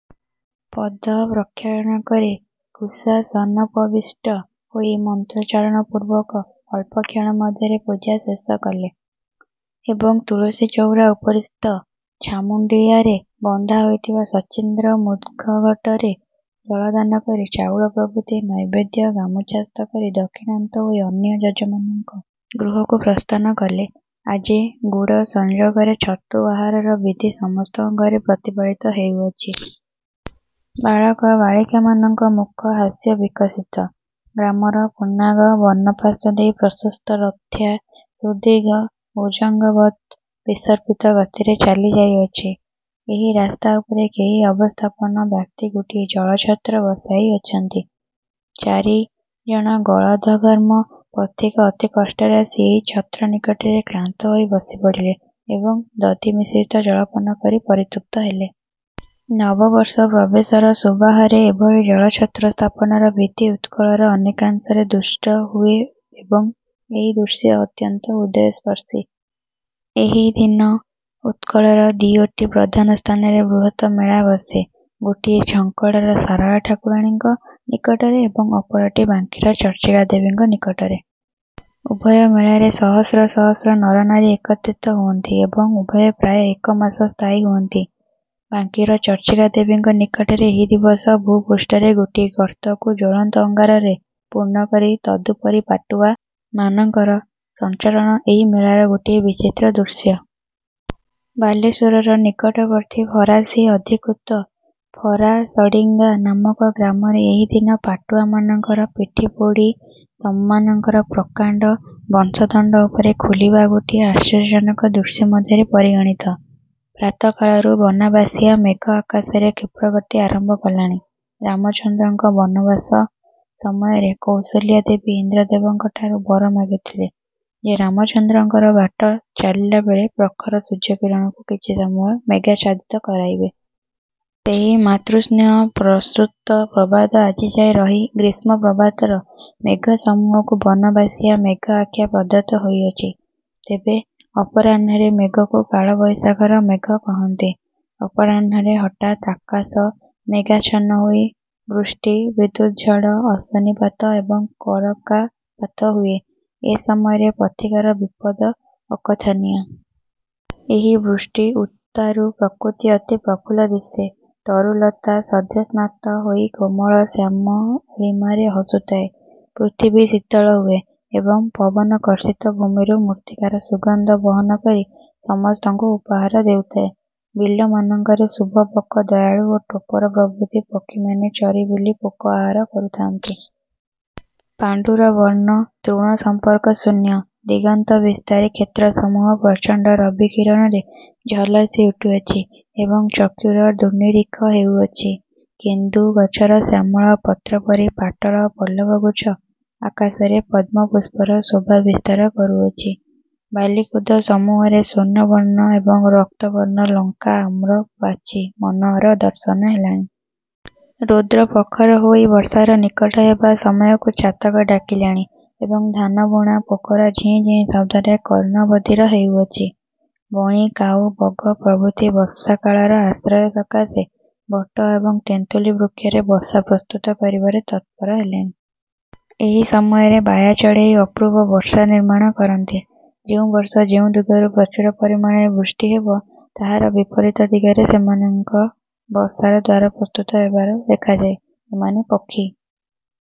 ପଦପ୍ରକ୍ଷାଳନ କରି କୁଶାସନୋପବିଷ୍ଟ ହୋଇ ମନ୍ତ୍ରୋଚ୍ଚାରଣପୂର୍ବକ ଅଳ୍ପକ୍ଷଣ ମଧ୍ୟରେ ପୂଜା ଶେଷ କଲେ ଏବଂ ତୁଳସୀଚଉରା ଉପରିସ୍ଥ ଛାମୁଣ୍ଡିଆରେ ବନ୍ଧା ହୋଇଥିବା ସଚ୍ଛିଦ୍ର ମୃଦ୍ଘଟରେ ଜଳଦାନ କରି ଚାଉଳ ପ୍ରଭୃତି ନୈବେଦ୍ୟ ଗାମୁଛାସ୍ଥ କରି ଦକ୍ଷିଣାନ୍ତ ହୋଇ ଅନ୍ୟ ଯଜମାନଙ୍କ ଗୃହକୁ ପ୍ରସ୍ଥାନ କଲେ। ଆଜି ଗୁଡ଼ସଂଯୋଗରେ ଛତୁ ଆହାରର ବିଧି ସମସ୍ତଙ୍କ ଘରେ ପ୍ରତିପାଳିତ ହେଉଅଛି। ବାଳକ ବାଳିକାମାନଙ୍କ ମୁଖ ହାସ୍ୟବିକଶିତ। ଗ୍ରାମର ପୁନ୍ନାଗ ବନ ପାର୍ଶ୍ୱ ଦେଇ ପ୍ରଶସ୍ତ ରଥ୍ୟା ସୁଦୀର୍ଘଭୁଜଙ୍ଗବତ୍ ବିସର୍ପିତ ଗତିରେ ଚାଲି ଯାଇଅଛି। ଏହି ରାସ୍ତା ଉପରେ କେହି ଅବସ୍ଥାପନ୍ନ ବ୍ୟକ୍ତି ଗୋଟିଏ ଜଳଛତ୍ର ବସାଇଅଛନ୍ତି। ଚାରି ଜଣ ଗଳଦ୍ଘର୍ମ ପଥିକ ଅତିକଷ୍ଟରେ ଆସି ଏହି ଛତ୍ର ନିକଟରେ କ୍ଳାନ୍ତ ହୋଇ ବସି ପଡ଼ିଲେ ଏବଂ ଦଧିମିଶ୍ରିତ ଜଳ ପାନ କରି ପରିତୃପ୍ତ ହେଲେ। ନବ-ବର୍ଷ ପ୍ରବେଶର ଶୁଭାହରେ ଏଭଳି ଜଳଛତ୍ର ସ୍ଥାପନର ବିଧି ଉତ୍କଳର ଅନେକାଂଶରେ ଦୃଷ୍ଟ ହୁଏ ଏବଂ ଏହି ଦୃଶ୍ୟ ଅତ୍ୟନ୍ତ ହୃଦୟସ୍ପର୍ଶୀ। ଏହି ଦିନ ଉତ୍କଳର ଦିଓଟି ପ୍ରଧାନ ସ୍ଥାନରେ ବୃହତ୍ ମେଳା ବସେ। ଗୋଟିଏ ଝଙ୍କଡ଼ର ଶାରଳା ଠାକୁରାଣୀଙ୍କ ନିକଟରେ ଏବଂ ଅପରଟି ବାଙ୍କିର ଚର୍ଚ୍ଚିକା ଦେବୀଙ୍କ ନିକଟରେ। ଉଭୟ ମେଳାରେ ସହସ୍ର ସହସ୍ର ନରନାରୀ ଏକତ୍ରିତ ହୁଅନ୍ତି ଏବଂ ଉଭୟେ ପ୍ରାୟ ଏକ ମାସ ସ୍ଥାୟୀ ହୁଅନ୍ତି। ବାଙ୍କିର ଚର୍ଚ୍ଚିକା ଦେବୀଙ୍କ ନିକଟରେ ଏହି ଦିବସ ଭୂପୃଷ୍ଠରେ ଗୋଟିଏ ଗର୍ତ୍ତକୁ ଜ୍ୱଳନ୍ତ ଅଙ୍ଗାରରେ ପୂର୍ଣ୍ଣ କରି ତଦୁପରି ପାଟୁଆ ମାନଙ୍କର ସଞ୍ଚରଣ ଏହି ମେଳାର ଗୋଟିଏ ବିଚିତ୍ର ଦୃଶ୍ୟ। ବାଲେଶ୍ୱରର ନିକଟବର୍ତ୍ତୀ ଫରାସୀ ଅଧିକୃତ ଫରାସଡ଼ିଙ୍ଗା ନାମକ ଗ୍ରାମରେ ଏହି ଦିନ 'ପାଟୁଆ' ମାନଙ୍କର ପିଠି ଫୋଡ଼ି ସେମାନଙ୍କର ପ୍ରକାଣ୍ଡ ବଂଶଦଣ୍ଡ ଉପରେ ଖୁଲିବା ଗୋଟିଏ ଆଶ୍ଚର୍ଯ୍ୟଜନକ ଦୃଶ୍ୟ ମଧ୍ୟରେ ପରିଗଣିତ। ପ୍ରାତଃକାଳରୁ ବନବାସିଆ ମେଘ ଆକାଶରେ କ୍ଷିପ୍ରଗତି ଆରମ୍ଭ କଲାଣି। ରାମଚନ୍ଦ୍ରଙ୍କ ବନବାସ ସମୟରେ କୌଶଲ୍ୟା ଦେବୀ ଇନ୍ଦ୍ରଦେବଙ୍କଠାରୁ ବର ମାଗିଥିଲେ ଯେ ରାମଚନ୍ଦ୍ରଙ୍କର ବାଟ ଚାଲିଲାବେଳେ ପ୍ରଖର ସୂର୍ଯ୍ୟକିରଣକୁ କିଛି ସମୟ ମେଘାଚ୍ଛାଦିତ କରାଇବେ। ସେହି ମାତୃସ୍ନେହପ୍ରସୂତ ପ୍ରବାଦ ଆଜିଯାଏ ରହି ଗ୍ରୀଷ୍ମ ପ୍ରଭାତର ମେଘସମୂହକୁ ବନବାସିଆ ମେଘ ଆଖ୍ୟା ପ୍ରଦତ୍ତ ହୋଇଅଛି। ତେବେ ଅପରାହ୍ନରେ ମେଘକୁ "କାଳ ବୈଶାଖ"ର ମେଘ କହନ୍ତି। ଅପରାହ୍ଣରେ ହଠାତ୍ ଆକାଶ ମେଘାଚ୍ଛନ୍ନ ହୋଇ ବୃଷ୍ଟି, ବିଦ୍ୟୁତ୍ ଝଡ଼ ଅଶନିପାତ ଏବଂ କରକାପାତ ହୁଏ। ଏ ସମୟରେ ପଥିକର ବିପଦ ଅକଥନୀୟ। ଏହି ବୃଷ୍ଟି ଉତ୍ତାରୁ ପ୍ରକୃତି ଅତି ପ୍ରଫୁଲ୍ଲ ଦିଶେ। ତରୁ ଲତା ସଦ୍ୟସ୍ନାତ ହୋଇ କୋମଳ ଶ୍ୟାମଳିମାରେ ହସୁଥାଏ। ପୃଥିବୀ ଶୀତଳ ହୁଏ ଏବଂ ପବନ କର୍ଷିତ ଭୂମିରୁ ମୃତ୍ତିକାର ସୁଗନ୍ଧ ବହନ କରି ସମସ୍ତଙ୍କୁ ଉପହାର ଦେଉଥାଏ। ବିଲମାନଙ୍କରେ ଶୁଭ ବକ, ଦୟାଳୁ ଓ ଟୋପର ପ୍ରଭୃତି ପକ୍ଷିମାନେ ଚରି ବୁଲି ପୋକ ଆହାର କରୁଥାନ୍ତି। ପାଣ୍ଡୁରବର୍ଣ୍ଣ ତୃଣସମ୍ପର୍କଶୂନ୍ୟ ଦିଗନ୍ତବିସ୍ତାରୀ କ୍ଷେତ୍ରସମୂହ ପ୍ରଚଣ୍ଡ ରବିକିରଣରେ ଝଲସି ଉଠୁଅଛି ଏବଂ ଚକ୍ଷୁର ଦୁର୍ନିରୀକ୍ଷ ହେଉଅଛି। କେନ୍ଦୁ ଗଛର ଶ୍ୟାମଳ ପତ୍ରୋପରି ପାଟଳ ପଲ୍ଲବଗୁଚ୍ଛ ଆକାଶରେ ପଦ୍ମ ପୁଷ୍ପର ଶୋଭା ବିସ୍ତାର କରୁଅଛି। ବାଲିକୁଦସମୂହରେ ସ୍ୱର୍ଣ୍ଣବର୍ଣ୍ଣ ଏବଂ ରକ୍ତବର୍ଣ୍ଣ ଲଙ୍କା ଆମ୍ର ପାଚି ମନୋହର ଦର୍ଶନ ହେଲାଣି। ରୌଦ୍ର ପ୍ରଖର ହୋଇ ବର୍ଷାର ନିକଟ ହେବା ସମୟକୁ ଚାତକ ଡାକିଲାଣି ଏବଂ ଧାନବୁଣା ପୋକର ଝିଁ ଝିଁ ଶବ୍ଦରେ କର୍ଣ୍ଣ ବଧିର ହେଉଅଛି। ବଣି, କାଉ, ବଗ ପ୍ରଭୃତି ବର୍ଷାକାଳର ଆଶ୍ରୟ ସକାଶେ ବଟ ଏବଂ ତେନ୍ତୁଳି ବୃକ୍ଷରେ ବସା ପ୍ରସ୍ତୁତ କରିବାରେ ତତ୍ପର ହେଲେଣି। ଏହି ସମୟରେ ବାୟା ଚଢ଼େଇ ଅପୂର୍ବ ବସା ନିର୍ମାଣ କରନ୍ତି। ଯେଉଁ ବର୍ଷ ଯେଉଁ ଦିଗରୁ ପ୍ରଚୁର ପରିମାଣରେ ବୃଷ୍ଟି ହେବ, ତାହାର ବିପରୀତ ଦିଗରେ ସେମାନଙ୍କ ବସାର ଦ୍ୱାର ପ୍ରସ୍ତୁତ ହେବାର ଦେଖାଯାଏ ଏମାନେ ପକ୍ଷୀ